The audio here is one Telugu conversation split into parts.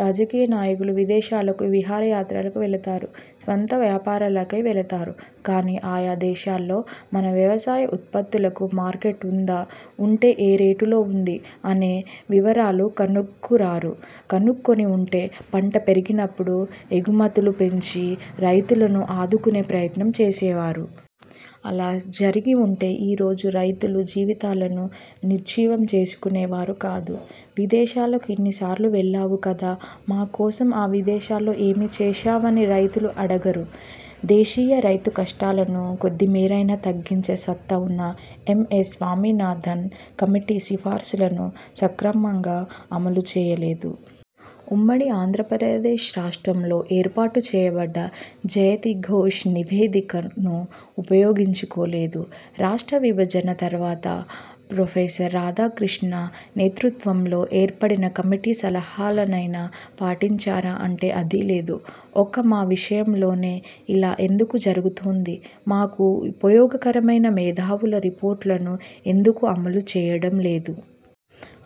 రాజకీయనాయకులు విదేశాలకు విహార యాత్రలకు వెళతారు, స్వంత వ్యాపారాలకై వెళతారు, కానీ ఆయా దేశాల్లో మన వ్యవసాయ ఉత్పత్తులకు మార్కెట్ ఉందా, ఉంటే ఏ రేటులో ఉంది అనే వివరాలు కనుక్కురారు, కనుక్కుని ఉంటే పంట పెరిగినపుడు ఎగుమతులు పెంచి రైతులను ఆదుకునే ప్రయత్నం చేసేవారు. అలా జరిగిఉంటే ఈ రోజు రైతులు జీవితాలను నిర్జీవం చేసుకునేవారు కాదు. విదేశాలకు ఇన్ని సార్లు వెళ్లావు కదా, మాకోసం ఆ విదేశాల్లో ఏమి చేశావని రైతులు అడగరు. దేశీయ రైతు కష్టాలను కొద్ది మేరయినా తగ్గించే సత్తా ఉన్న ఎం. ఎస్. స్వామినాథన్ కమిటీ సిఫార్సులను సక్రమంగా అమలుచేయలేదు. ఉమ్మడి ఆంధ్రప్రదేశ్ రాష్ట్రంలో ఏర్పాటు చేయబడ్డ జయతి ఘోష్ నివేదికను ఉపయోగించుకోలేదు. రాష్ట్ర విభజన తర్వాత, ప్రొ. రాధాకృష్ణ నేతృత్వంలో ఏర్పడిన కమిటీ సలహాలనైనా పాటించారా అంటే అదీలేదు. ఒక్క మా విషయంలోనే ఇలా ఎందుకు జరుగుతూందీ? మాకు ఉపయోగకరమైన మేధావుల రిపోర్టులను ఎందుకు అమలు చేయడం లేదూ?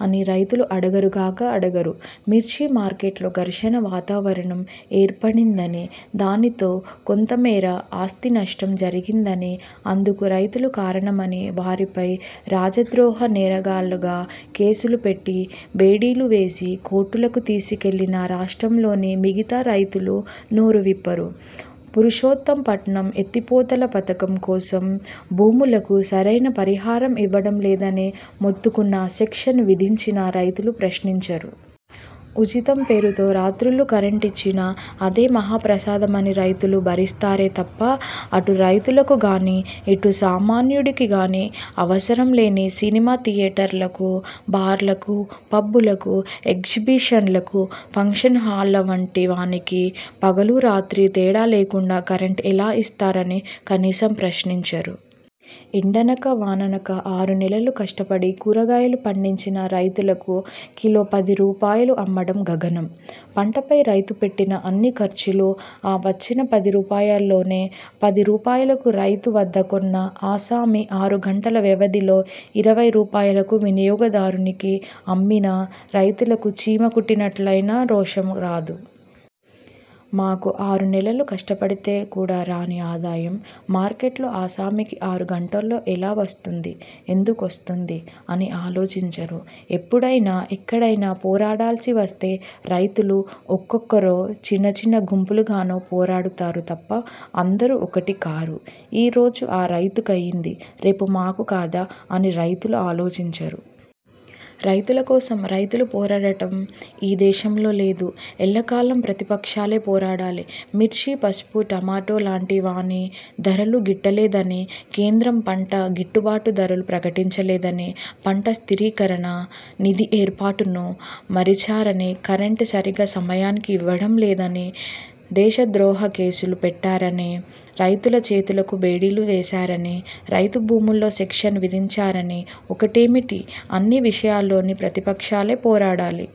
అని రైతులు అడగరుగాక అడగరు. మిర్చి మార్కెట్లో ఘర్షణ వాతావరణం ఏర్పడిందనీ, దానితో కొంతమేర ఆస్తినష్టం జరిగిందని, అందుకు రైతులు కారణమని, వారిపై రాజద్రోహ నేరగాళ్ళుగా కేసులు పెట్టి, బేడీలు వేసి కోర్టులకు తీసికెళ్ళినా రాష్ట్రంలోని మిగతా రైతులు నోరువిప్పరు. పురుషోత్తం పట్నం ఎత్తిపోతల పథకం కోసం భూములకు సరైన పరిహారం ఇవ్వడం లేదని మొత్తుకున్నా, సెక్షన్ విదించినా రైతులు ప్రశ్నించరు. ఉచితం పేరుతో రాత్రుళ్ళు కరెంట్ ఇచ్చినా అదే మహా ప్రసాదమని రైతులు భరిస్తారే తప్పా, అటు రైతులకుగానీ ఇటు సామాన్యుడికిగానీ అవసరం లేని సినిమా థియేటర్లకు, బార్లకు, పబ్బులకు, ఎగ్జిబిషన్లకు, పంక్షన్ హాళ్ళ వంటి వానికి పగలు రాత్రి తేడా లేకుండా కరెంట్ ఎలా ఇస్తున్నారని కనీసం ప్రశ్నించరు. ఎండనక, వాననక ఆరు నెలలు కష్టపడి కూరగాయాలు పండించిన రైతులకు కిలో పది రూపాయలు అమ్మడం గగనం. పంటపై రైతు పెట్టిన అన్ని ఖర్చులు ఆ వచ్చిన పది రూపాయల్లోనే. పది రూపాయలకు రైతు వద్ద కొన్న ఆసామి ఆరు గంటల వ్యవధిలో ఇరవై రూపాయలకు వినియోగదారునికి అమ్మినా రైతులకు చీమ కుట్టినట్లయినా రోషం రాదు. మాకు ఆరు నెలలు కష్టపడితే కూడా రాని ఆదాయం, మార్కెట్లో ఆసామికి ఆరు గంటల్లో ఎలా వస్తుందీ, ఎందుకొస్తుందీ అని ఆలోచించరు. ఎప్పుడయినా, ఎక్కడయినా పోరాడాల్సి వస్తే రైతులు ఒక్కొక్కరో, చిన్న చిన్న గుంపులు గానో పోరాడతారు తప్ప అందరూ ఒక్కటి కారు. ఈ రోజు ఆ రైతుకయింది, రేపు మాకు కాదా అని రైతులు ఆలోచించరు. రైతులకోసం రైతులు పోరాడడం ఈ దేశంలో లేదు. ఎల్లకాలం ప్రతిపక్షాలే పోరాడాలి. మిర్చి, పసుపు, టమోటా లాంటి వాని ధరలు గిట్టలేదని, కేంద్రం పంట గిట్టుబాటు ధరలు ప్రకటించలేదని, పంట స్థిరీకరణ నిధి ఏర్పాటును మరిచారనీ, కరెంట్ సరిగా సమయానికి ఇవ్వడం లేదని, దేశ ద్రోహ కేసులు పెట్టారని, రైతుల చేతులకు బేడీలు వేసారని, రైతు భూముల్లో సెక్షన్ విధించారని ఒకటేమిటి అన్ని విషయాల్లోనూ ప్రతిపక్షాలే పోరాడాలి.